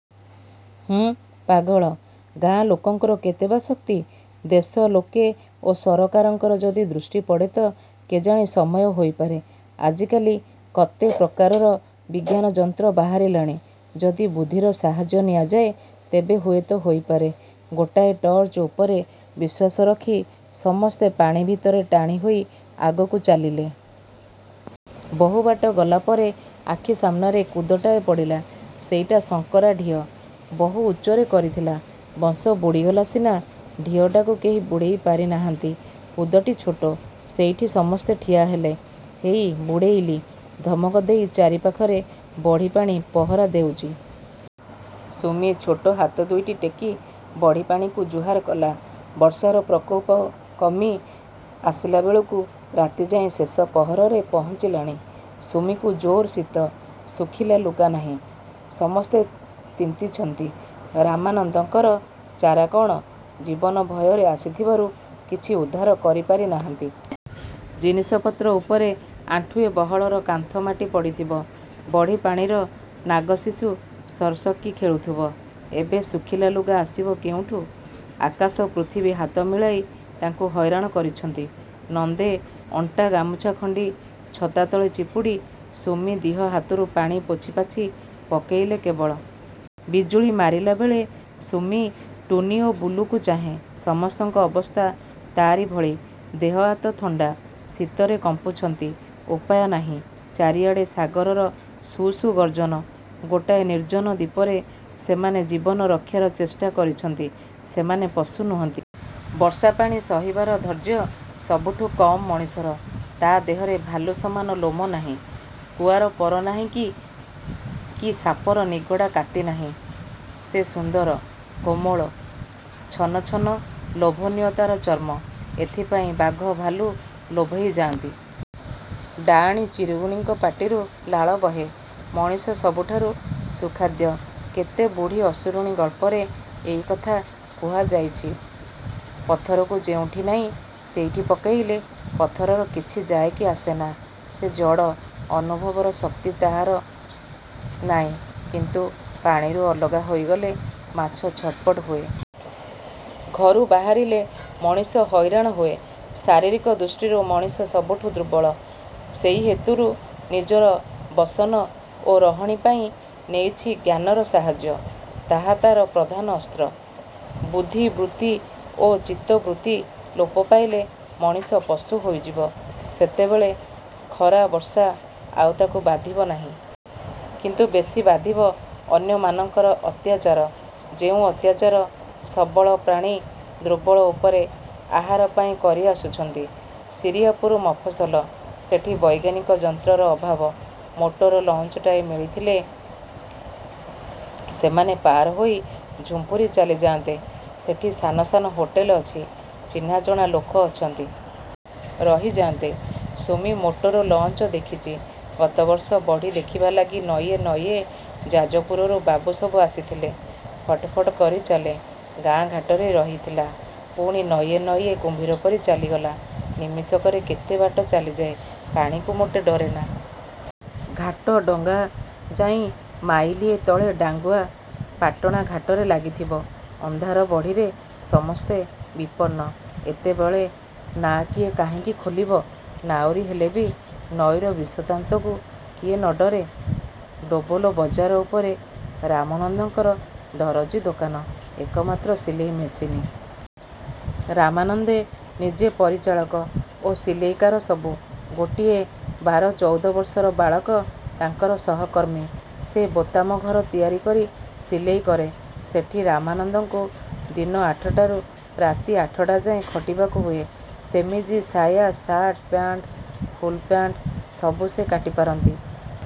ହୁଁ, ପାଗଳ–। ଗାଁ ଲୋକଙ୍କର କେତେ ବା ଶକ୍ତି? ଦେଶ ଲୋକେ ଓ ସରକାରଙ୍କର ଯଦି ଦୃଷ୍ଟି ପଡ଼େ ତ କେଜାଣି ସମୟ ହୋଇପାରେ। ଆଜିକାଲି କତେ ପ୍ରକାରର ବିଜ୍ଞାନଯନ୍ତ୍ର ବାହାରିଲାଣି। ଯଦି ବୁଦ୍ଧିର ସାହାଯ୍ୟ ନିଆଯାଏ, ତେବେ ହୁଏତ ହୋଇପାରେ। ଗୋଟାଏ ଟର୍ଚ୍ଚ ଉପରେ ବିଶ୍ୱାସ ରଖି ସମସ୍ତେ ପାଣି ଭିତରେ ଟାଣି ହୋଇ ଆଗକୁ ଚାଲିଲେ। ବହୁ ବାଟ ଗଲାପରେ–ଆଖି ସାମ୍ନାରେ କୁଦଟାଏ ପଡ଼ିଲା। ସେଇଟା ଶଙ୍କରା ଢିଅ। ବହୁ ଉଚ୍ଚରେ କରିଥିଲା। ବଂଶ ବୁଡ଼ିଗଲା ସିନା ଢିଅଟାକୁ କେହି ବୁଡ଼େଇ ପାରି ନାହାନ୍ତି। କୁଦଟି ଛୋଟ–ସେଇଠି ସମସ୍ତେ ଠିଆ ହେଲେ। 'ହେଇ ବୁଡ଼େଇଲି' ଧମକ ଦେଇ ଚାରିପାଖରେ ବଢ଼ିପାଣି ପହରା ଦେଉଚି। ସୁମି ଛୋଟ ହାତ ଦୁଇଟି ଟେକି ବଢ଼ିପାଣିକୁ ଜୁହାର କଲା। ବର୍ଷାର ପ୍ରକୋପ କମି ଆସିଲାବେଳକୁ ରାତିଯାଇଁ ଶେଷ ପହରରେ ପହଞ୍ଚିଲାଣି। ସୁମିକୁ ଜୋର୍ ଶୀତ। ଶୁଖିଲା ଲୁଗାନାହିଁ। ସମସ୍ତେ ତିନ୍ତିଛନ୍ତି। ରାମନନ୍ଦଙ୍କର ଚାରା କଣ? ଜୀବନ ଭୟରେ ଆସିଥିବାରୁ କିଛି ଉଦ୍ଧାର କରିପାରି ନାହାନ୍ତି। ଜିନିଷପତ୍ର ଉପରେ ଆଣ୍ଠୁଏ ବହଳର କାନ୍ଥ-ମାଟି ପଡ଼ିଥିବ; ବଢ଼ିପାଣିର ନାଗଶିଶୁ ସର୍ ସର୍କି ଖେଳୁଥିବ। ଏବେ ଶୁଖିଲା ଲୁଗା ଆସିବ କେଉଁଠୁ? ଆକାଶ ପୃଥିବୀ ହାତ ମିଳାଇ ତାଙ୍କୁ ହଇରାଣ କରିଛନ୍ତି। ନନ୍ଦେ ଅଣ୍ଟା ଗାମୁଛା ଖଣ୍ଡି ଛତା ତଳେ ଚିପୁଡ଼ି ସୁମି ଦିହ ହାତରୁ ପାଣି ପୋଛି-ପାଛି ପକେଇଲେ କେବଳ। ବିଜୁଳି ମାରିଲାବେଳେ ସୁମି ଟୁନୀ ଓ ବୁଲୁକୁ ଚାହେଁ। ସମସ୍ତଙ୍କ ଅବସ୍ଥା ତାରି ଭଳି। ଦେହ ହାତ ଥଣ୍ଡା। ଶୀତରେ କମ୍ପୁଛନ୍ତି। ଉପାୟ ନାହିଁ। ଚାରିଆଡ଼େ ସାଗରର ସୁ-ସୁ ଗର୍ଜନ। ଗୋଟାଏ ନିର୍ଜ୍ଜନ ଦ୍ୱୀପରେ ସେମାନେ ଜୀବନ ରକ୍ଷାର ଚେଷ୍ଟା କରିଛନ୍ତି। ସେମାନେ ପଶୁ ନୁହନ୍ତି। ବର୍ଷା-ପାଣି ସହିବାର ଧୈର୍ଯ୍ୟ ସବୁଠୁଁ କମ୍ ମଣିଷର। ତା' ଦେହରେ ଭାଲୁ ସମାନ ଲୋମ ନାହିଁ, କୁଆର ପର ନାହିଁ କି, କି ସାପର ନିଗଡ଼ା କାତି ନାହିଁ। ସେ ସୁନ୍ଦର, କୋମଳ ଛନଛନ ଲୋଭନୀୟ ତାର ଚର୍ମ। ଏଥିପାଇଁ ବାଘ ଭାଲୁ ଲୋଭେଇ ଯାଆନ୍ତି। ଡାଆଣି ଚିରଗୁଣିଙ୍କ ପାଟିରୁ ଲାଳ ବହେ। ମଣିଷ ସବୁଠାରୁ ସୁଖାଦ୍ୟ। କେତେ ବୁଢ଼ୀ ଅସୁରୁଣୀ ଗଳ୍ପରେ ଏଇକଥା କୁହାଯାଇଚି। ପଥରକୁ ଯେଉଁଠି ନାଇଁ ସେଠି ପକେଇଲେ ପଥରର କିଛି ଯାଏ କି ଆସେନା। ସେ ଜଡ଼, ଅନୁଭବର ଶକ୍ତି ତାହାର ନାଇଁ। କିନ୍ତୁ ପାଣିରୁ ଅଲଗା ହୋଇଗଲେ ମାଛ ଛଟ୍ପଟ ହୁଏ। ଘରୁ ବାହାରିଲେ ମଣିଷ ହଇରାଣ ହୁଏ। ଶାରୀରିକ ଦୃଷ୍ଟିରୁ ମଣିଷ ସବୁଠୁଁ ଦୁର୍ବଳ। ସେଇହେତୁରୁ ନିଜର ବସନ ଓ ରହଣୀ ପାଇଁ ନେଇଛି ଜ୍ଞାନର ସାହାଯ୍ୟ। ତାହା ତାର ପ୍ରଧାନ ଅସ୍ତ୍ର। ବୁଦ୍ଧି ବୃତ୍ତି ଓ ଚିତ୍ତବୃତ୍ତି ଲୋପ ପାଇଲେ ମଣିଷ ପଶୁ ହୋଇଯିବ। ସେତେବେଳେ ଖରା ବର୍ଷା ଆଉ ତାକୁ ବାଧିବ ନାହିଁ। କିନ୍ତୁ ବେଶୀ ବାଧିବ ଅନ୍ୟମାନଙ୍କର ଅତ୍ୟାଚାର–ଯେଉଁ ଅତ୍ୟାଚାର ସବଳ ପ୍ରାଣୀ ଦୁର୍ବଳ ଉପରେ ଆହାର ପାଇଁ କରି ଆସୁଛନ୍ତି। ଶିରିଆପୁର ମଫସଲ। ସେଠି ବୈଜ୍ଞାନିକ ଯନ୍ତ୍ରର ଅଭାବ। ମୋଟର ଲଞ୍ଚଟାଏ ମିଳିଥିଲେ ସେମାନେ ପାର ହୋଇ ଝୁମ୍ପୁରି ଚାଲିଯାଆନ୍ତେ। ସେଠି ସାନ ସାନ ହୋଟେଲ ଅଛି, ଚିହ୍ନାଜଣା ଲୋକ ଅଛନ୍ତି। ରହିଯାନ୍ତେ। ସୁମି ମୋଟର ଲଞ୍ଚ ଦେଖିଚି। ଗତବର୍ଷ ବଢ଼ି ଦେଖିବା ଲାଗି ନଈଏ। ନଈଏ ଯାଜପୁରରୁ ବାବୁ ସବୁ ଆସିଥିଲେ। ଫଟ୍ ଫଟ୍ କରି ଚାଲେ। ଗାଁ ଘାଟରେ ରହିଥିଲା। ପୁଣି ନଈଏ ନଈଏ କୁମ୍ଭୀର ପରି ଚାଲିଗଲା। ନିମିଷକରେ କେତେ ବାଟ ଚାଲିଯାଏ। ପାଣିକୁ ମୋଟେ ଡରେନା। ଘାଟ ଡଙ୍ଗା ଯାଇଁ ମାଇଲିଏ ତଳେ ଡାଙ୍ଗୁଆ ପାଟଣା ଘାଟରେ ଲାଗିଥିବ। ଅନ୍ଧାର। ବଢ଼ିରେ ସମସ୍ତେ ବିପନ୍ନ। ଏତେବେଳେ ନାଆ କିଏ କାହିଁକି ଖୋଲିବ। ନାଉରି ହେଲେ ବି ନଈର ବିଷଦାନ୍ତକୁ କିଏ ନଡରେ? ଦୋବଲ ବଜାର ଉପରେ ରାମନନ୍ଦଙ୍କର ଦରଜୀ ଦୋକାନ। ଏକମାତ୍ର ସିଲେଇ ମେସିନ। ରାମାନନ୍ଦେ ନିଜେ ପରିଚାଳକ ଓ ସିଲେଇକାର ସବୁ। ଗୋଟିଏ ବାର ଚଉଦ ବର୍ଷର ବାଳକ ତାଙ୍କର ସହକର୍ମୀ। ସେ ବୋତାମଘର ତିଆରି କରି ସିଲେଇ କରେ। ସେଠି ରାମନନ୍ଦଙ୍କୁ ଦିନ ଆଠଟାରୁ ରାତି ଆଠଟା ଯାଏଁ ଖଟିବାକୁ ହୁଏ। ସେମିଜି, ସାୟା, ସାର୍ଟ, ପ୍ୟାଣ୍ଟ, ଫୁଲପ୍ୟାଣ୍ଟ୍ ସବୁ ସେ କାଟି ପାରନ୍ତି।